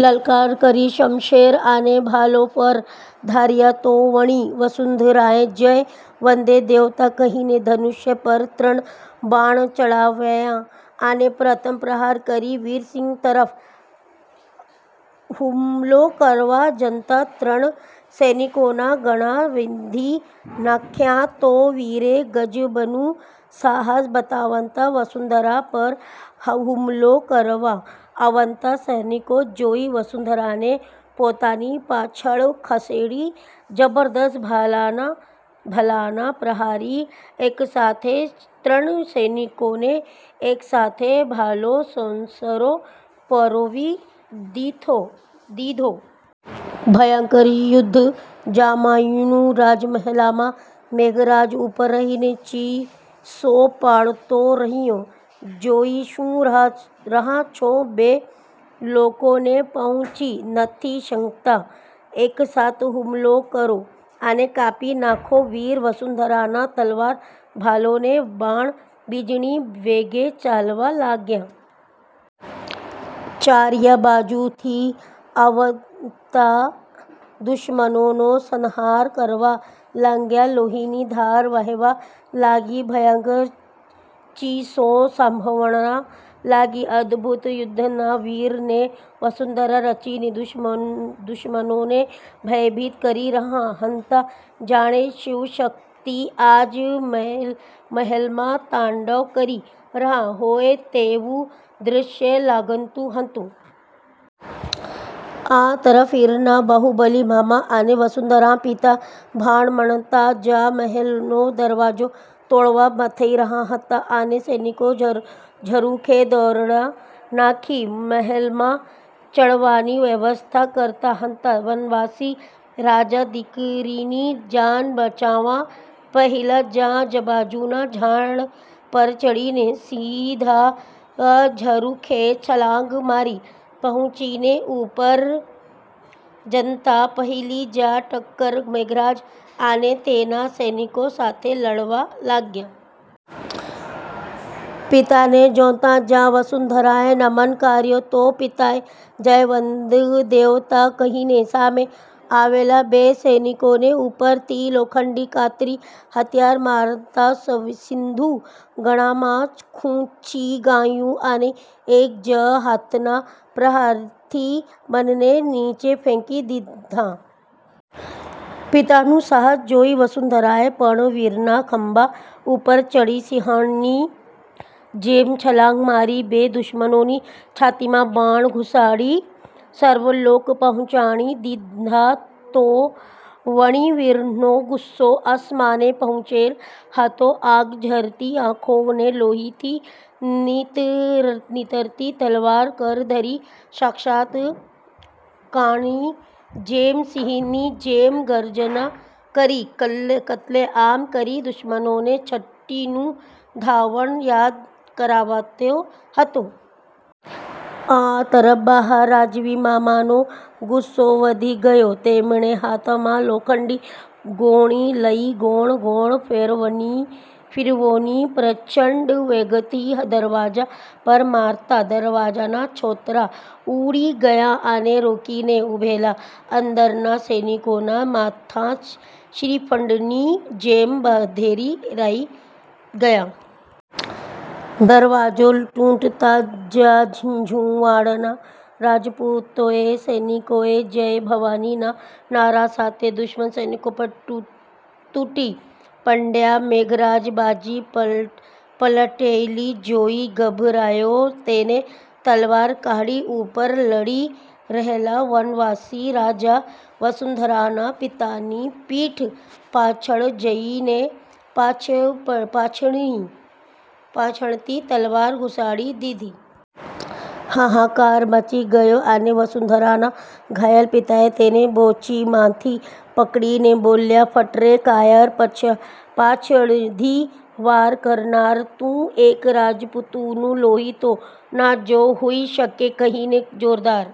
લલકાર કરી શમશેર અને ભાલો કર ધર્યા. તો વળી વસુંધરાએ જય વનદેવતા," કહીને ધનુષ્ય પર ત્રણ બાણ ચડાવ્યા અને પ્રથમ પ્રહાર કરી વીરસિંહ તરફ હુમલો કરવા જતાં ત્રણ સૈનિકોનાં ગળા વીંધી નાખ્યાં. તો વીરે ગજબનું સાહસ બતાવતાં વસુંધરા પર હુમલો કરવા આવતાં સૈનિકો જોઈ વસુંધરાને પોતાની પાછળ ખસેડી જબરજસ્ત ભલાનાં પ્રહારથી એકસાથે ત્રણ સૈનિકોને એકસાથે ભાલો સોંસરો પરોવી દીધો. ભયંકર યુદ્ધ જામ્યું રાજમહેલમાં. મેઘરાજ ઉપર રહીને ચીસો પાડતો રહયો,"જોઈ શું રહ્યાં છો બે લોકોને પહોંચી નથી શકતાં? એકસાથે હુમલો કરો અને કાપી નાખો." વીર, વસુંધરાના તલવાર, ભાલો, ને બાણ વીજળી વેગે ચાલવા લાગ્યાં. ચારેય બાજુથી આવતાં દુશ્મનોનો સંહાર કરવા લાગ્યાં. લોહીની ધાર વહેવા લાગી, ભયંકર ચીસો સાંભળવા લાગી. અદભુત યુદ્ધનાં વીર ને વસુંધરા રચીને દુશ્મનોને ભયભીત કરી રહ્યાં હતાં. જાણે શિવશક્તિ આજ મહેલમાં તાંડવ કરી રહ્યાં હોય તેવુ દ્રશ્ય લાગતું હતું. આ તરફ વીરનાં બાહુબલી મામા અને વસુંધરાનાં પિતા ભાળ મળતાં જ મહેલનો દરવાજો તોડવા મથઈ રહ્યાં હતાં, અને સૈનિકો ઝરૂખે દોરડા નાંખી મહેલમાં ચડવાની વ્યવસ્થા કરતાં હતાં. વનવાસી રાજા દીકરીની જાન બચાવવાં પહેલાં જ બાજુના ઝાડ પર ચડીને સીધાં ઝરુખે છલાંગ મારી, પહોંચીને ઉપર જતાં પહેલી જ ટક્કર મેઘરાજ અને તેનાં સૈનિકો સાથે લડવા લાગ્યાં. પિતાને જોતાં જ વસુંધરાએ નમન કર્યા, તો પિતાએ 'જય વનદેવતા' કહીને સામે આવેલા બે સૈનિકોને ઉપર થી લોખંડી કાતરી હથિયાર મારતાં સીધું ગળામાં ખુંચી ગયું, અને એક જ હાથના પ્રહારથી બંનેને નીચે ફેંકી દીધાં. પિતાનું સાહસ જોઈ વસુંધરાએ પણ વીરના ખંભા ઉપર ચડી સિંહણની જેમ છલાંગ મારી બે દુશ્મનોની છાતીમાં બાણ ઘુસાડી સ્વર્ગલોક પહોંચાડી દીધાં, તો વળી વીરનો ગુસ્સો આસમાને પહોંચેલ હતો, આગ ઝરતી આંખો ને લોહી થી નીતરતી તલવાર કર ધરી સાક્ષાત કાળની જેમ સિંહની જેમ ગર્જના કરી કત્લેઆમ કરી દુશ્મનોને છઠ્ઠીનું ધાવણ યાદ કરાવતો હતો. આ તરફ બહાર રાજવી મામાનો ગુસ્સો વધી ગયો, તેમણે હાથમાં લોખંડી ગોળી લઈ ગોળ-ગોળ ફેરવીને પ્રચંડ વેગથી દરવાજા પર મારતાં દરવાજાના છોતરાં ઊડી ગયાં, અને રોકીને ઉભેલા અંદરના સૈનિકોનાં માથાં શ્રીફળની જેમ વધેરાઈ ગયાં. દરવાજો તૂટતાં જ ઝીંઝુવાડાના રાજપૂતોએ સૈનિકોએ "જય ભવાની" નાં નારાં સાથે દુશ્મન સૈનિકો પર તૂટી પડ્યાં. મેઘરાજ બાજી પલટાયેલી જોઈ ગભરાયો તેને તલવાર કાઢી ઉપર લડી રહેલાં વનવાસી રાજા વસુંધરાનાં પિતાની પીઠ પાછળ જઈને પાછળથી તલવાર ઘુસાડી દીધી. હાહાકાર મચી ગયો, અને વસુંધરાનાં ઘાયલ પિતાએ તેને બોચીમાંથી પકડીને બોલ્યાં,"ફટ રે કાયર, પાછળથી વાર કરનાર તું એક રાજપુતનું લોહી તો ન જ હોઈ શકે," કહીને જોરદાર